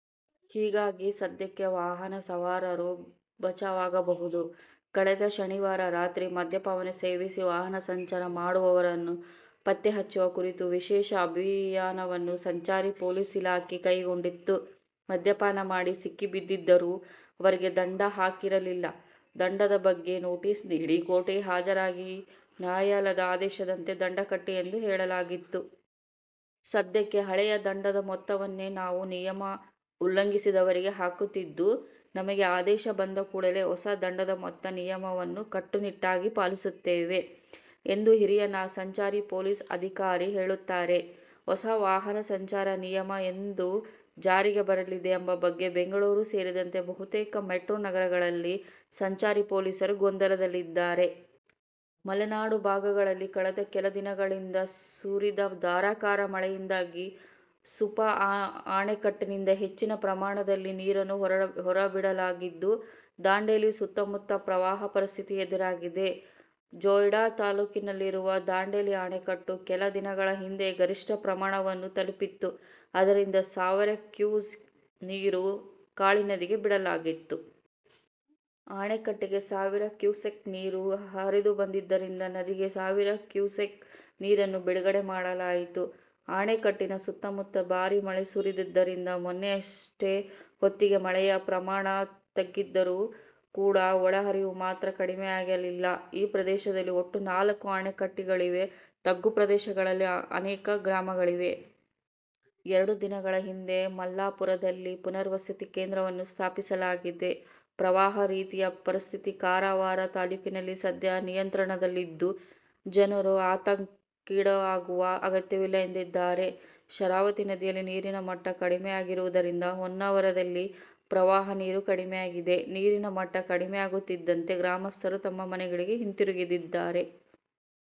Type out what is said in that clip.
ಹೀಗಾಗಿ ಸದ್ಯಕ್ಕೆ ವಾಹನ ಸವಾರರು ಬಚಾವಾಗಬಹುದು. ಕಳೆದ ಶನಿವಾರ ರಾತ್ರಿ ಮದ್ಯಪಾನ ಸೇವಿಸಿ ವಾಹನ ಸಂಚಾರ ಮಾಡುವವರನ್ನು ಪತ್ತೆಹಚ್ಚುವ ಕುರಿತು ವಿಶೇಷ ಅಭಿಯಾನವನ್ನು ಸಂಚಾರಿ ಪೊಲೀಸ್ ಇಲಾಖೆ ಕೈಗೊಂಡಿತ್ತು. ಮದ್ಯಪಾನ ಮಾಡಿ ಸಿಕ್ಕಿಬಿದ್ದಿದ್ದರೂ ಅವರಿಗೆ ದಂಡ ಹಾಕಿರಲಿಲ್ಲ. ದಂಡದ ಬಗ್ಗೆ ನೊಟೀಸ್ ನೀಡಿ ಕೋರ್ಟ್ ಗೆ ಹಾಜರಾಗಿ ನ್ಯಾಯಾಲಯದ ಆದೇಶದಂತೆ ದಂಡ ಕಟ್ಟಿ ಎಂದು ಹೇಳಲಾಗಿತ್ತು. ಸದ್ಯಕ್ಕೆ ಹಳೆಯ ದಂಡದ ಮೊತ್ತವನ್ನೇ ನಾವು ನಿಯಮ ಉಲ್ಲಂಘಿಸಿದವರಿಗೆ ಹಾಕುತ್ತಿದ್ದು ನಮಗೆ ಆದೇಶ ಬಂದ ಕೂಡಲೇ ಹೊಸ ದಂಡದ ಮೊತ್ತ ನಿಯಮವನ್ನು ಕಟ್ಟುನಿಟ್ಟಾಗಿ ಪಾಲಿಸುತ್ತೇವೆ ಎಂದು ಹಿರಿಯ ಸಂಚಾರಿ ಪೊಲೀಸ್ ಅಧಿಕಾರಿ ಹೇಳುತ್ತಾರೆ. ಹೊಸ ವಾಹನ ಸಂಚಾರ ನಿಯಮ ಎಂದು ಜಾರಿಗೆ ಬರಲಿದೆ ಎಂಬ ಬಗ್ಗೆ ಬೆಂಗಳೂರು ಸೇರಿದಂತೆ ಬಹುತೇಕ ಮೆಟ್ರೊ ನಗರಗಳಲ್ಲಿ ಸಂಚಾರಿ ಪೊಲೀಸರು ಗೊಂದಲದಲ್ಲಿದ್ದಾರೆ. ಮಲೆನಾಡು ಭಾಗಗಳಲ್ಲಿ ಕಳೆದ ಕೆಲ ದಿನಗಳಿಂದ ಸುರಿದ ಧಾರಾಕಾರ ಮಳೆಯಿಂದಾಗಿ ಸುಪಾ ಅಣೆಕಟ್ಟಿನಿಂದ ಹೆಚ್ಚಿನ ಪ್ರಮಾಣದಲ್ಲಿ ನೀರನ್ನು ಹೊರಬಿಡಲಾಗಿದ್ದು ದಾಂಡೇಲಿ ಸುತ್ತಮುತ್ತ ಪ್ರವಾಹ ಪರಿಸ್ಥಿತಿ ಎದುರಾಗಿದೆ. ಜೊಯ್ಡಾ ತಾಲ್ಲೂಕಿನಲ್ಲಿರುವ ದಾಂಡೇಲಿ ಅಣೆಕಟ್ಟು ಕೆಲ ದಿನಗಳ ಹಿಂದೆಯೇ ಗರಿಷ್ಠ ಪ್ರಮಾಣವನ್ನು ತಲುಪಿತ್ತು. ಅದರಿಂದ ಸಾವಿರ ಕ್ಯೂಸೆಕ್ ನೀರು ಕಾಳಿ ನದಿಗೆ ಬಿಡಲಾಗಿತ್ತು. ಅಣೆಕಟ್ಟಿಗೆ ಸಾವಿರ ಕ್ಯೂಸೆಕ್ ನೀರು ಹರಿದುಬಂದಿದ್ದರಿಂದ ನದಿಗೆ ಸಾವಿರ ಕ್ಯೂಸೆಕ್ ನೀರನ್ನು ಬಿಡುಗಡೆ ಮಾಡಲಾಯಿತು. ಅಣೆಕಟ್ಟಿನ ಸುತ್ತಮುತ್ತ ಭಾರೀ ಮಳೆ ಸುರಿದಿದ್ದರಿಂದ ಮೊನ್ನೆಯಷ್ಟು ಹೊತ್ತಿಗೆ ಮಳೆಯ ಪ್ರಮಾಣ ತಗ್ಗಿದರೂ ಕೂಡ ಒಳಹರಿವು ಮಾತ್ರ ಕಡಿಮೆಯಾಗಲಿಲ್ಲ. ಈ ಪ್ರದೇಶದಲ್ಲಿ ಒಟ್ಟು ನಾಲ್ಕು ಅಣೆಕಟ್ಟುಗಳಿವೆ. ತಗ್ಗು ಪ್ರದೇಶಗಳಲ್ಲಿ ಅನೇಕ ಗ್ರಾಮಗಳಿವೆ. ಎರಡು ದಿನಗಳ ಹಿಂದೆ ಮಲ್ಲಪುರದಲ್ಲಿ ಪುನರ್ವಸತಿ ಕೇಂದ್ರವನ್ನು ಸ್ಥಾಪಿಸಲಾಗಿದೆ. ಪ್ರವಾಹ ರೀತಿಯ ಪರಿಸ್ಥಿತಿ ಕಾರವಾರ ತಾಲ್ಲೂಕಿನಲ್ಲಿ ಸದ್ಯ ನಿಯಂತ್ರಣದಲ್ಲಿದ್ದು ಜನರು ಆತಂಕಕ್ಕೀಡಾಗುವ ಅಗತ್ಯವಿಲ್ಲ ಎಂದಿದ್ದಾರೆ. ಶರಾವತಿ ನದಿಯಲ್ಲಿ ನೀರಿನ ಮಟ್ಟ ಕಡಿಮೆಯಾಗಿರುವುದರಿಂದ ಹೊನ್ನಾವರದಲ್ಲಿ ಪ್ರವಾಹ ನೀರು ಕಡಿಮೆಯಾಗಿದೆ. ನೀರಿನ ಮಟ್ಟ ಕಡಿಮೆಯಾಗುತ್ತಿದ್ದಂತೆ ಗ್ರಾಮಸ್ಥರು ತಮ್ಮ ಮನೆಗಳಿಗೆ ಹಿಂತಿರುಗುತ್ತಿದ್ದಾರೆ.